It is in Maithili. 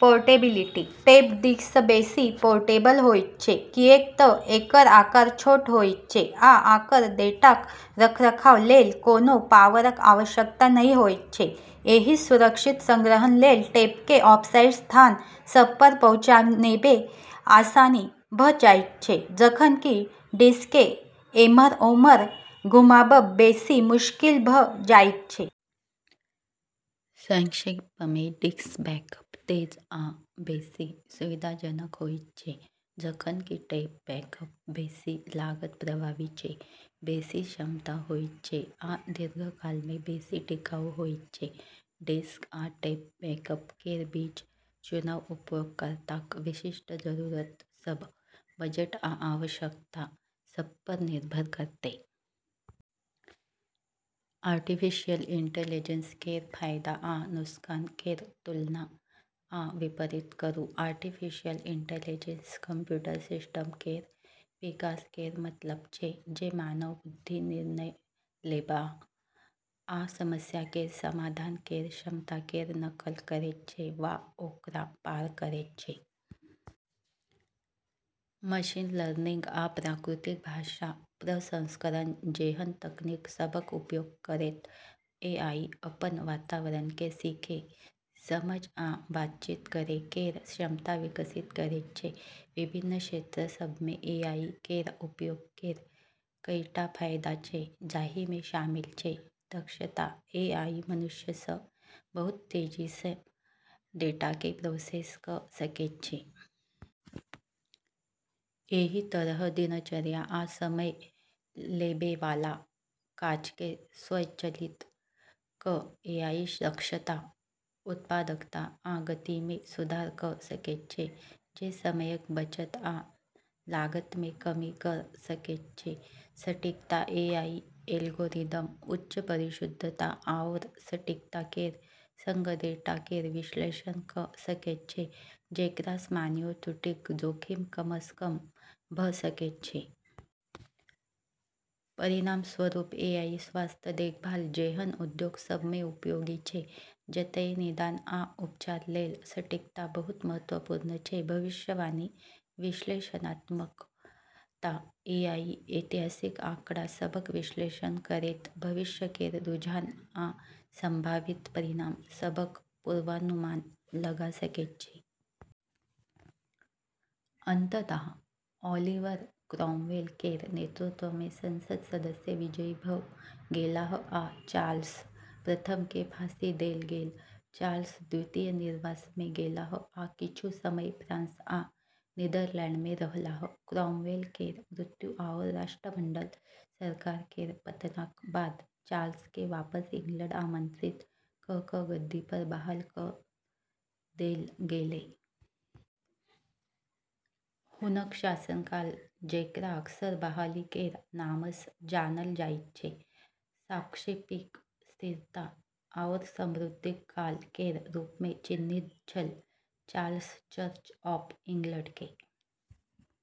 पोर्टेबिलिटी: टेप डिस्क सँ बेसी पोर्टेबल होइत छै, किऐक तऽ एकर आकार छोट होइत छै आ ओकर डेटाक रखरखाव लेल कोनो पावरक आवश्यकता नहि होइत छै। एहिसँ सुरक्षित संग्रहण लेल टेपकेँ ऑफसाइट स्थान सभपर पहुँचाबैमे आसानी भऽ जाइत छै, जखन कि डिस्ककेँ एम्हर-ओम्हर घुमाबब बेसी मुश्किल भऽ जाइत छै। संक्षेपमे, डिस्क बैकअप तेज आ बेसी सुविधाजनक होइत छै, जखन कि टेप बैकअप बेसी लागत प्रभावी छै, बेसी क्षमता होइत छै आ दीर्घकालमे बेसी टिकाऊ होइत छै। डिस्क आ टेप बैकअप केर बीच चुनाव उपयोगकर्ताक विशिष्ट जरूरत सभ, बजट आ आवश्यकता सभपर निर्भर करतै। आर्टिफिशियल इंटेलिजेंस केर फायदा आ नुकसान केर तुलना आ विपरीत करू। आर्टिफिशियल इंटेलिजेंस कंप्यूटर सिस्टम केर विकास केर मतलब छै जे मानव बुद्धि, निर्णय लेबआ आ समस्या केर समाधान केर क्षमता केर नकल करैत छै वा ओकरा पार करैत छै। मशीन लर्निंग आ प्राकृतिक भाषा प्रसंस्करण जेहन तकनीक सभक उपयोग करैत एआई अपन वातावरणकेँ सीखै, समझै आ बातचीत करै केर क्षमता विकसित करैत छै। विभिन्न क्षेत्र सभमे एआई केर उपयोग केर कईटा फायदा छै जाहिमे शामिल छै: दक्षता: एआई मनुष्य सँ बहुत तेजीसँ डेटाकेँ प्रोसेस कऽ सकैत छै। एहि तरहें, दिनचर्या आ समय लेबैवाला काजकेँ स्वचालित कऽ एआई दक्षता, उत्पादकता आ गतिमे सुधार कऽ सकैत छै, जे समयक बचत आ लागतमे कमी कऽ सकैत छै। सटीकता: एआई एल्गोरिदम उच्च परिशुद्धता आओर सटीकता केर संग डेटा केर विश्लेषण कऽ सकैत छै, जेकरासँ मानवीय त्रुटिक जोखिम कमसँ कम भऽ सकैत छै। परिणामस्वरूप, एआई स्वास्थ्य देखभाल जेहन उद्योग सभमे उपयोगी छै, जतए निदान आ उपचार लेल सटीकता बहुत महत्वपूर्ण छै। भविष्यवाणी विश्लेषणात्मकता: एआई ऐतिहासिक आँकड़ा सभक विश्लेषण करैत भविष्य केर रुझान आ संभावित परिणाम सभक पूर्वानुमान लगा सकैत छै। अंततः ओलिवर क्रॉमवेल केर नेतृत्वमे संसद सदस्य विजयी भऽ गेलाह आ चार्ल्स प्रथमकेँ फांसी देल गेल। चार्ल्स द्वितीय निर्वासनमे गेलाह आ किछु समय फ्रांस आ नीदरलैंडमे रहलाह। क्रॉमवेल केर मृत्यु आओर राष्ट्रमंडल सरकार केर पतनक बाद चार्ल्सकेँ वापस इंग्लैंड आमंत्रित कऽ कऽ गद्दीपर बहाल कऽ देल गेलै। हुनक शासनकाल, जेकरा अक्सर बहाली केर नामसँ जानल जाइत छै, सापेक्षिक स्थिरता आओर समृद्धिक काल केर रूपमे चिन्हित छल। Charles Church of इंग्लैंडकेँ।